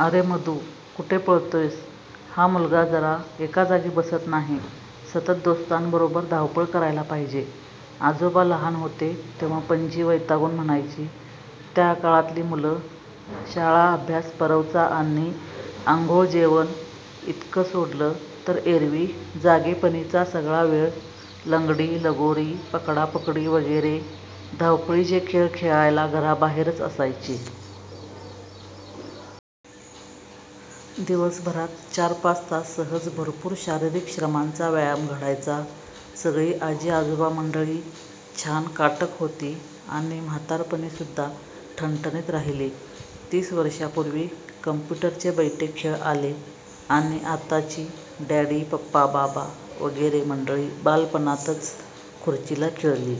"अरे मधू, कुठे पळतोयस? हा मुलगा जरा एकाजागी बसत नाही! सतत दोस्तांबरोबर धावपळ करायला पाहिजे! " आजोबा लहान होते तेव्हा पणजी वैतागून म्हणायची! त्या काळातली मुलं शाळा-अभ्यास-परवचा आणि अंघोळ-जेवण इतकं सोडलं तर एरवी जागेपणीचा सगळा वेळ लंगडी, लगोरी, पकडापकडी वगैरे धावपळीचे खेळ खेळायला घराबाहेरच असायची. दिवसभरात चारपाच तास सहज भरपूर शारीरिक श्रमांचा व्यायाम घडायचा. सगळी आजी-आजोबामंडळी छान काटक होती आणि म्हातारपणीसुद्धा ठणठणीत राहिली. तीस वर्षांपूर्वी कॉम्प्युटरचे बैठे खेळ आले आणि आताची डॅडी, पप्पा, बाबा वगैरे मंडळी बालपणातच खुर्चीला खिळली.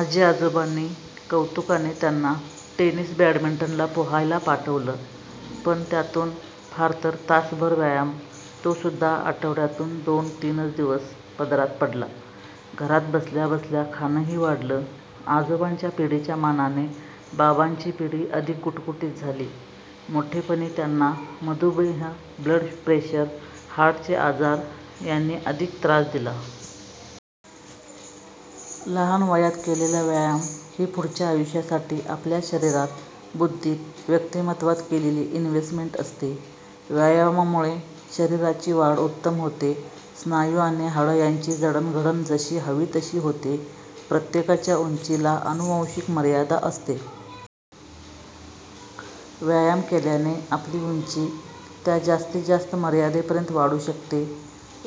आजीआजोबांनी कौतुकाने त्यांना टेनिस-बॅडमिंटनला, पोहायला पाठवलं. पण त्यातून फारतर तासभर व्यायाम, तोसुद्धा आठवड्यातून दोन-तीनच दिवस पदरात पडला. घरात बसल्याबसल्या खाणंही वाढलं. आजोबांच्या पिढीच्या मानाने बाबांची पिढी अधिक गुटगुटीत झाली. मोठेपणी त्यांना मधुमेह, ब्लड प्रेशर, हार्टचे आजार यांनी अधिक त्रास दिला. लहान वयात केलेला व्यायाम ही पुढच्या आयुष्यासाठी आपल्याच शरीरात, बुद्धीत, व्यक्तिमत्त्वात केलेली इनव्हेस्टमेंट असते. व्यायामामुळे शरीराची वाढ उत्तम होते. स्नायू आणि हाडं यांची जडणघडण जशी हवी तशी होते. प्रत्येकाच्या उंचीला आनुवांशिक मर्यादा असते. व्यायाम केल्याने आपली उंची त्या जास्तीत जास्त मर्यादेपर्यंत वाढू शकते.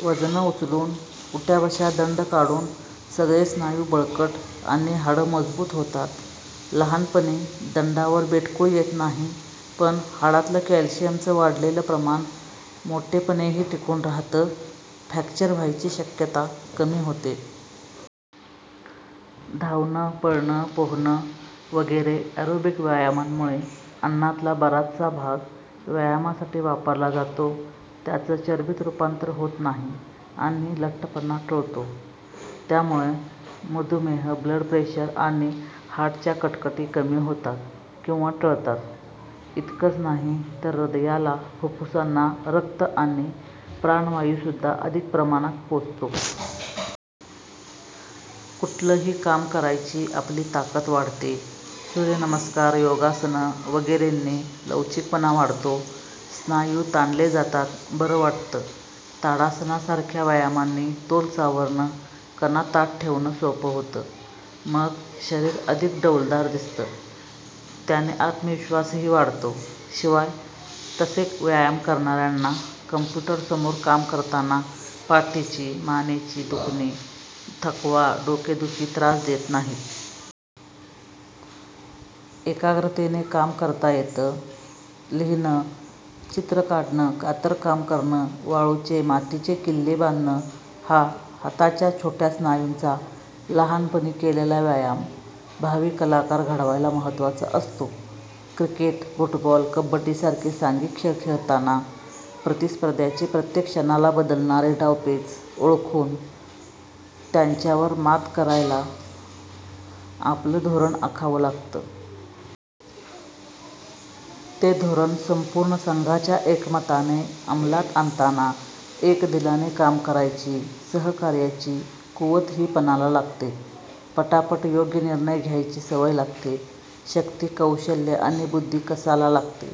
वजनं उचलून, उठाबशा-दंड काढून सगळे स्नायू बळकट आणि हाडं मजबूत होतात. लहानपणी दंडावर बेटकुळी येत नाही. पण हाडांतलं कॅल्शियमचं वाढलेलं प्रमाण मोठेपणीही टिकून राहातं, फ्रॅक्चर व्हायची शक्यता कमी होते. धावणं, पळणं, पोहणं वगैरे एरोबिक व्यायामांमुळे अन्नातला बराचसा भाग व्यायामासाठी वापरला जातो, त्याचं चरबीत रूपांतर होत नाही आणि लठ्ठपणा टळतो. त्यामुळे मधुमेह, ब्लड प्रेशर आणि हार्टच्या कटकटी कमी होतात किंवा टळतात. इतकंच नाही तर हृदयाला, फुप्फुसांना रक्त आणि प्राणवायूसुद्धा अधिक प्रमाणात पोचतो. कुठलंही काम करायची आपली ताकद वाढते. सूर्यनमस्कार, योगासनं वगैरेंनी लवचिकपणा वाढतो, स्नायू ताणले जातात, बरं वाटतं. ताडासनासारख्या व्यायामांनी तोल सावरणं, कणा ताठ ठेवणं सोपं होतं. मग शरीर अधिक डौलदार दिसतं. त्याने आत्मविश्वासही वाढतो. शिवाय तसे व्यायाम करणाऱ्यांना कॉम्प्युटरसमोर काम करताना पाठीची, मानेची दुखणी, थकवा, डोकेदुखी त्रास देत नाहीत. एकाग्रतेने काम करता येतं. लिहिणं, चित्र काढणं, कातरकाम करणं, वाळूचे, मातीचे किल्ले बांधणं हा हाताच्या छोट्या स्नायूंचा लहानपणी केलेला व्यायाम भावी कलाकार घडवायला महत्त्वाचा असतो. क्रिकेट, फुटबॉल, कबड्डीसारखे सांघिक खेळ खेळताना प्रतिस्पर्ध्यांचे प्रत्येक क्षणाला बदलणारे डावपेच ओळखून त्यांच्यावर मात करायला आपलं धोरण आखावं लागतं. ते धोरण संपूर्ण संघाच्या एकमताने अमलात आणताना एकदिलाने काम करायची, सहकार्याची कुवतही पणाला लागते. पटापट योग्य निर्णय घ्यायची सवय लागते. शक्ती, कौशल्य आणि बुद्धी कसाला लागते.